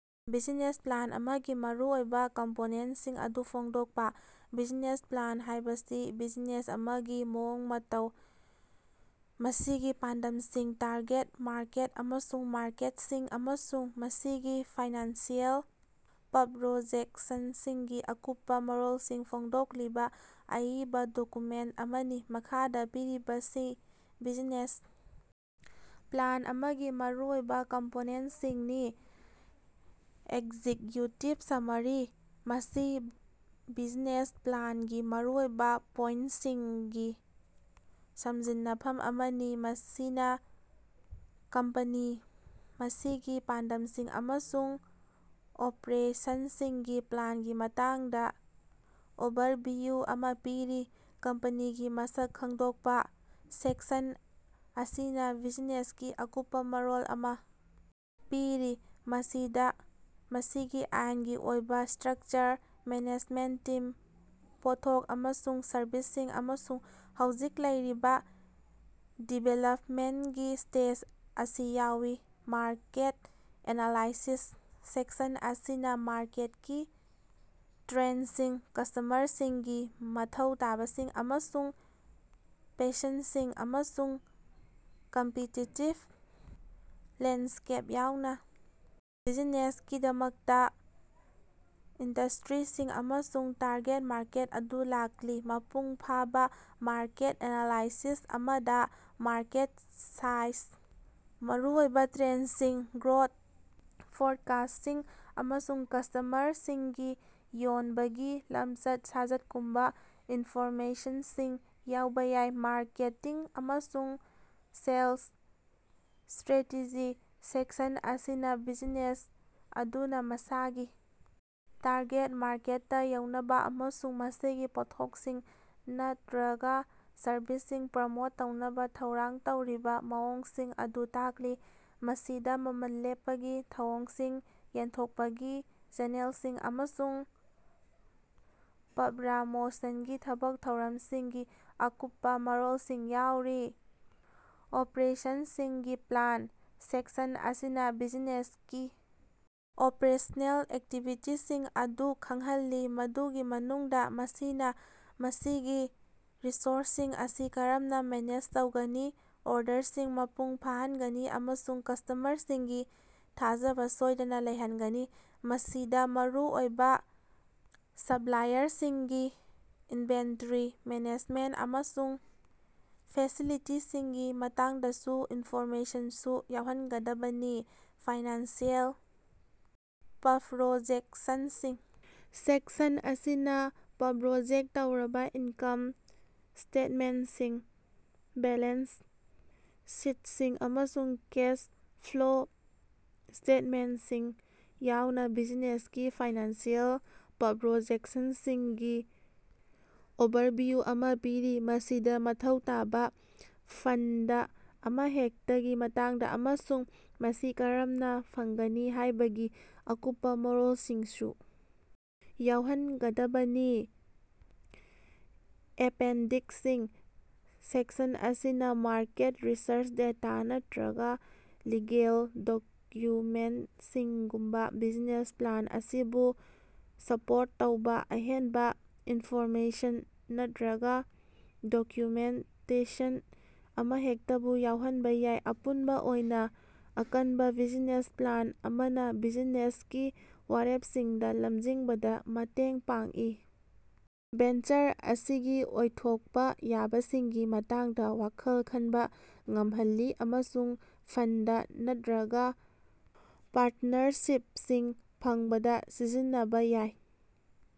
Business plan ꯑꯃꯒꯤ ꯃꯔꯨꯑꯣꯏꯕ ꯀꯝꯄꯣꯅꯦꯟꯇꯁꯤꯡ ꯑꯗꯨ ꯐꯣꯡꯗꯣꯛꯄ꯫ ꯕꯤꯖꯤꯅꯦꯁ ꯄ꯭ꯂꯥꯟ ꯍꯥꯏꯕꯁꯤ ꯕꯤꯖꯤꯅꯦꯁ ꯑꯃꯒꯤ ꯃꯑꯣꯡ ꯃꯇꯧ, ꯃꯁꯤꯒꯤ ꯄꯥꯟꯗꯝꯁꯤꯡ, ꯇꯥꯔꯒꯦꯠ ꯃꯥꯔꯀꯦꯠ ꯑꯃꯁꯨꯡ ꯃꯥꯔꯀꯦꯠꯁꯤꯡ, ꯑꯃꯁꯨꯡ ꯃꯁꯤꯒꯤ ꯐꯥꯏꯅꯥꯟꯁꯤꯑꯦꯜ ꯄ꯭ꯞꯔꯣꯖꯦꯛꯁꯟꯁꯤꯡꯒꯤ ꯑꯀꯨꯞꯄ ꯃꯔꯣꯜꯁꯤꯡ ꯐꯣꯡꯗꯣꯛꯂꯤꯕ ꯑꯏꯕ ꯗꯣꯀꯨꯃꯦꯟꯇ ꯑꯃꯅꯤ꯫ ꯃꯈꯥꯗ ꯄꯤꯔꯤꯕꯁꯤ ꯕꯤꯖꯤꯅꯦꯁ ꯄ꯭ꯂꯥꯟ ꯑꯃꯒꯤ ꯃꯔꯨꯑꯣꯏꯕ ꯀꯝꯄꯣꯅꯦꯟꯇꯁꯤꯡꯅꯤ: ꯑꯦꯛꯖꯤꯛꯌꯨꯇꯤꯚ ꯁꯝꯃꯔꯤ: ꯃꯁꯤ ꯕꯤꯖꯅꯦꯁ ꯄ꯭ꯂꯥꯟꯒꯤ ꯃꯔꯨꯑꯣꯏꯕ ꯄꯣꯏꯟꯇꯁꯤꯡꯒꯤ ꯁꯝꯖꯤꯟꯅꯐꯝ ꯑꯃꯅꯤ, ꯃꯁꯤꯅ ꯀꯝꯄꯅꯤ, ꯃꯁꯤꯒꯤ ꯄꯥꯟꯗꯝꯁꯤꯡ ꯑꯃꯁꯨꯡ ꯑꯣꯄꯔꯦꯁꯟꯁꯤꯡꯒꯤ ꯄ꯭ꯂꯥꯟꯒꯤ ꯃꯇꯥꯡꯗ ꯑꯣꯚꯔꯚꯤꯌꯨ ꯑꯃꯥ ꯄꯤꯔꯤ꯫ ꯀꯝꯄꯅꯤꯒꯤ ꯃꯁꯛ ꯈꯪꯗꯣꯛꯄ: ꯁꯦꯛꯁꯟ ꯑꯁꯤꯅ ꯕꯤꯖꯤꯅꯦꯁꯀꯤ ꯑꯀꯨꯞꯄ ꯃꯔꯣꯜ ꯑꯃ ꯄꯤꯔꯤ, ꯃꯁꯤꯗ ꯃꯁꯤꯒꯤ ꯑꯥꯏꯟꯒꯤ ꯑꯣꯏꯕ ꯁꯇ꯭ꯔꯛꯆꯔ, ꯃꯦꯅꯦꯖꯃꯦꯟꯇ ꯇꯤꯝ, ꯄꯣꯠꯊꯣꯛ ꯑꯃꯁꯨꯡ ꯁꯔꯚꯤꯁꯁꯤꯡ, ꯑꯃꯁꯨꯡ ꯍꯧꯖꯤꯛ ꯂꯩꯔꯤꯕ ꯗꯤꯚꯦꯂꯞꯃꯦꯟꯇꯒꯤ ꯁ꯭ꯇꯦꯖ ꯑꯁꯤ ꯌꯥꯎꯏ꯫ ꯃꯥꯔꯀꯦꯠ ꯑꯦꯅꯥꯂꯥꯏꯁꯤꯁ: ꯁꯦꯛꯁꯟ ꯑꯁꯤꯅ ꯃꯥꯔꯀꯦꯠꯀꯤ ꯇ꯭ꯔꯦꯟꯗꯁꯤꯡ, ꯀꯁ꯭ꯇꯃꯔꯁꯤꯡꯒꯤ ꯃꯊꯧ ꯇꯥꯕꯁꯤꯡ ꯑꯃꯁꯨꯡ ꯄꯦꯁꯟꯗꯁꯤꯡ, ꯑꯃꯁꯨꯡ ꯀꯝꯄꯤꯇꯤꯇꯤꯕ ꯂꯦꯟꯗꯁ꯭ꯀꯦꯞ ꯌꯥꯎꯅꯥ ꯕꯤꯖꯤꯅꯦꯁꯀꯤꯗꯃꯛꯇꯥ ꯏꯟꯗꯁꯇꯔꯤꯁꯤꯡ ꯑꯃꯁꯨꯡ ꯇꯥꯔꯒꯦꯠ ꯃꯥꯔꯀꯦꯠ ꯑꯗꯨ ꯂꯥꯛꯂꯤ꯫ ꯃꯄꯨꯡꯐꯥꯕ ꯃꯥꯔꯀꯦꯠ ꯑꯦꯅꯥꯂꯥꯏꯁꯤꯁ ꯑꯃꯗ ꯃꯥꯔꯀꯦꯠ ꯁꯥꯏꯖ, ꯃꯔꯨꯑꯣꯏꯕꯥ ꯇ꯭ꯔꯦꯟꯗꯁꯤꯡ, ꯒ꯭ꯔꯣꯊ ꯐꯣꯔꯀꯥꯁ꯭ꯇꯁꯤꯡ ꯑꯃꯁꯨꯡ ꯀꯁ꯭ꯇꯃꯔꯁꯤꯡꯒꯤ ꯌꯣꯟꯕꯒꯤ ꯂꯝꯆꯠ-ꯁꯥꯖꯠꯀꯨꯝꯕꯥ ꯏꯟꯐꯣꯔꯃꯦꯁꯟꯁꯤꯡ ꯌꯥꯎꯕ ꯌꯥꯏ꯫ ꯃꯥꯔꯀꯦꯇꯤꯡ ꯑꯃꯁꯨꯡ ꯁꯦꯜꯁ ꯁ꯭ꯠꯔꯦꯇꯦꯖꯤ: ꯁꯦꯛꯁꯟ ꯑꯁꯤꯅꯥ ꯕꯤꯖꯤꯅꯦꯁ ꯑꯗꯨꯅꯥ ꯃꯁꯥꯒꯤ ꯇꯥꯔꯒꯦꯠ ꯃꯥꯔꯀꯦꯠꯇꯥ ꯌꯧꯅꯕꯥ ꯑꯃꯁꯨꯡ ꯃꯁꯤꯒꯤ ꯄꯣꯠꯊꯣꯛꯁꯤꯡ ꯅꯠꯔꯒꯥ ꯁꯔꯚꯤꯁꯁꯤꯡ ꯄ꯭ꯔꯃꯣꯠ ꯇꯧꯅꯕꯥ ꯊꯧꯔꯥꯡ ꯇꯧꯔꯤꯕꯥ ꯃꯑꯣꯡꯁꯤꯡ ꯑꯗꯨ ꯇꯥꯛꯂꯤ꯫ ꯃꯁꯤꯗꯥ ꯃꯃꯜ ꯂꯦꯞꯄꯒꯤ ꯊꯧꯑꯣꯡꯁꯤꯡ, ꯌꯦꯟꯊꯣꯛꯄꯒꯤ ꯆꯦꯅꯦꯜꯁꯤꯡ ꯑꯃꯁꯨꯡ ꯄ꯭ꯞꯔꯃꯣꯁꯟꯒꯤ ꯊꯕꯛ ꯊꯧꯔꯝꯁꯤꯡꯒꯤ ꯑꯀꯨꯞꯄꯥ ꯃꯔꯣꯜꯁꯤꯡ ꯌꯥꯎꯔꯤ꯫ ꯑꯣꯄꯔꯦꯁꯟꯁꯤꯡꯒꯤ ꯄ꯭ꯂꯥꯟ: ꯁꯦꯛꯁꯟ ꯑꯁꯤꯅ ꯕꯤꯖꯤꯅꯦꯁꯀꯤ ꯑꯣꯄꯔꯦꯁꯅꯦꯜ ꯑꯦꯛꯇꯤꯚꯤꯇꯤꯁꯤꯡ ꯑꯗꯨ ꯈꯪꯍꯜꯂꯤ, ꯃꯗꯨꯒꯤ ꯃꯅꯨꯡꯗꯥ ꯃꯁꯤꯅꯥ ꯃꯁꯤꯒꯤ ꯔꯤꯁꯣꯔꯁꯁꯤꯡ ꯑꯁꯤ ꯀꯔꯝꯅꯥ ꯃꯦꯅꯦꯖ ꯇꯧꯒꯅꯤ, ꯑꯣꯔꯗꯔꯁꯤꯡ ꯃꯄꯨꯡ ꯐꯥꯍꯟꯒꯅꯤ ꯑꯃꯁꯨꯡ ꯀꯁ꯭ꯇꯃꯔꯁꯤꯡꯒꯤ ꯊꯥꯖꯕꯥ ꯁꯣꯏꯗꯅꯥ ꯂꯩꯍꯟꯒꯅꯤ ꯫ ꯃꯁꯤꯗꯥ ꯃꯔꯨꯑꯣꯏꯕꯥ ꯁꯞꯂꯥꯏꯌꯔꯁꯤꯡ, ꯏꯟꯚꯦꯟꯇꯔꯤ ꯃꯦꯅꯦꯖꯃꯦꯟꯇ ꯑꯃꯁꯨꯡ ꯐꯦꯁꯤꯂꯤꯇꯤꯁꯤꯡꯒꯤ ꯃꯇꯥꯡꯗꯁꯨ ꯏꯟꯐꯣꯔꯃꯦꯁꯟꯁꯨ ꯌꯥꯎꯍꯟꯒꯗꯕꯅꯤ꯫ ꯐꯥꯏꯅꯥꯟꯁꯤꯑꯦꯜ ꯄ꯭ꯞꯔꯣꯖꯦꯛꯁꯟꯗꯁꯤꯡ: ꯁꯦꯛꯁꯟ ꯑꯁꯤꯅꯥ ꯄ꯭ꯞꯔꯣꯖꯦꯛ ꯇꯧꯔꯕꯥ ꯏꯟꯀꯝ ꯁ꯭ꯇꯦꯠꯃꯦꯟꯇꯁꯤꯡ, ꯕꯦꯂꯦꯟꯁ ꯁꯤꯠꯁꯤꯡ, ꯑꯃꯁꯨꯡ ꯀꯦꯁ ꯐ꯭ꯂꯣ ꯁ꯭ꯇꯦꯠꯃꯦꯟꯇꯁꯤꯡ ꯌꯥꯎꯅꯥ ꯕꯤꯖꯤꯅꯦꯁꯀꯤ ꯐꯥꯏꯅꯥꯟꯁꯤꯑꯦꯜ ꯄ꯭ꯞꯔꯣꯖꯦꯛꯁꯟꯁꯤꯡꯒꯤ ꯑꯣꯚꯔꯚꯤꯌꯨ ꯑꯃꯥ ꯄꯤꯔꯤ꯫ ꯃꯁꯤꯗꯥ ꯃꯊꯧ ꯇꯥꯕꯥ ꯐꯟꯗ ꯑꯃꯍꯦꯛꯇꯒꯤ ꯃꯇꯥꯡꯗꯥ ꯑꯃꯁꯨꯡ ꯃꯁꯤ ꯀꯔꯝꯅꯥ ꯐꯪꯒꯅꯤ ꯍꯥꯏꯕꯒꯤ ꯑꯀꯨꯞꯄꯥ ꯃꯔꯣꯜꯁꯤꯡꯁꯨ ꯌꯥꯎꯍꯟꯒꯗꯕꯅꯤ꯫ ꯑꯦꯄꯦꯟꯗꯤꯛꯁꯁꯤꯡ: ꯁꯦꯛꯁꯟ ꯑꯁꯤꯅꯥ ꯃꯥꯔꯀꯦꯠ ꯔꯤꯁꯔꯆ ꯗꯦꯇꯥ ꯅꯠꯇꯔꯒꯥ ꯂꯤꯒꯦꯜ ꯗꯣꯛꯌꯨꯃꯦꯟꯇꯁꯤꯡꯒꯨꯝꯕꯥ ꯕꯤꯖꯤꯅꯦꯁ ꯄ꯭ꯂꯥꯟ ꯑꯁꯤꯕꯨ ꯁꯄꯣꯔꯠ ꯇꯧꯕꯥ ꯑꯍꯦꯟꯕꯥ ꯏꯟꯐꯣꯔꯃꯦꯁꯟ ꯅꯠꯇꯔꯒꯥ ꯗꯣꯛꯌꯨꯃꯦꯟꯇꯦꯁꯟ ꯑꯃꯍꯦꯛꯇꯕꯨ ꯌꯥꯎꯍꯟꯕꯥ ꯌꯥꯏ꯫ ꯑꯄꯨꯟꯕꯥ ꯑꯣꯏꯅꯥ, ꯑꯀꯟꯕꯥ ꯕꯤꯖꯤꯅꯦꯁ ꯄ꯭ꯂꯥꯟ ꯑꯃꯅꯥ ꯕꯤꯖꯤꯅꯦꯁꯀꯤ ꯋꯥꯔꯦꯄꯁꯤꯡꯗꯥ ꯂꯝꯖꯤꯡꯕꯗꯥ ꯃꯇꯦꯡ ꯄꯥꯡꯏ, ꯚꯦꯟꯆꯔ ꯑꯁꯤꯒꯤ ꯑꯣꯏꯊꯣꯛꯄꯥ ꯌꯥꯕꯁꯤꯡꯒꯤ ꯃꯇꯥꯡꯗꯥ ꯋꯥꯈꯜ ꯈꯟꯕꯥ ꯉꯝꯍꯜꯂꯤ ꯑꯃꯁꯨꯡ ꯐꯟꯗ ꯅꯠꯇꯔꯒꯥ ꯄꯥꯔꯇꯅꯔꯁꯤꯞꯁꯤꯡ ꯐꯪꯕꯗꯥ ꯁꯤꯖꯤꯟꯅꯕꯥ ꯌꯥꯏ꯫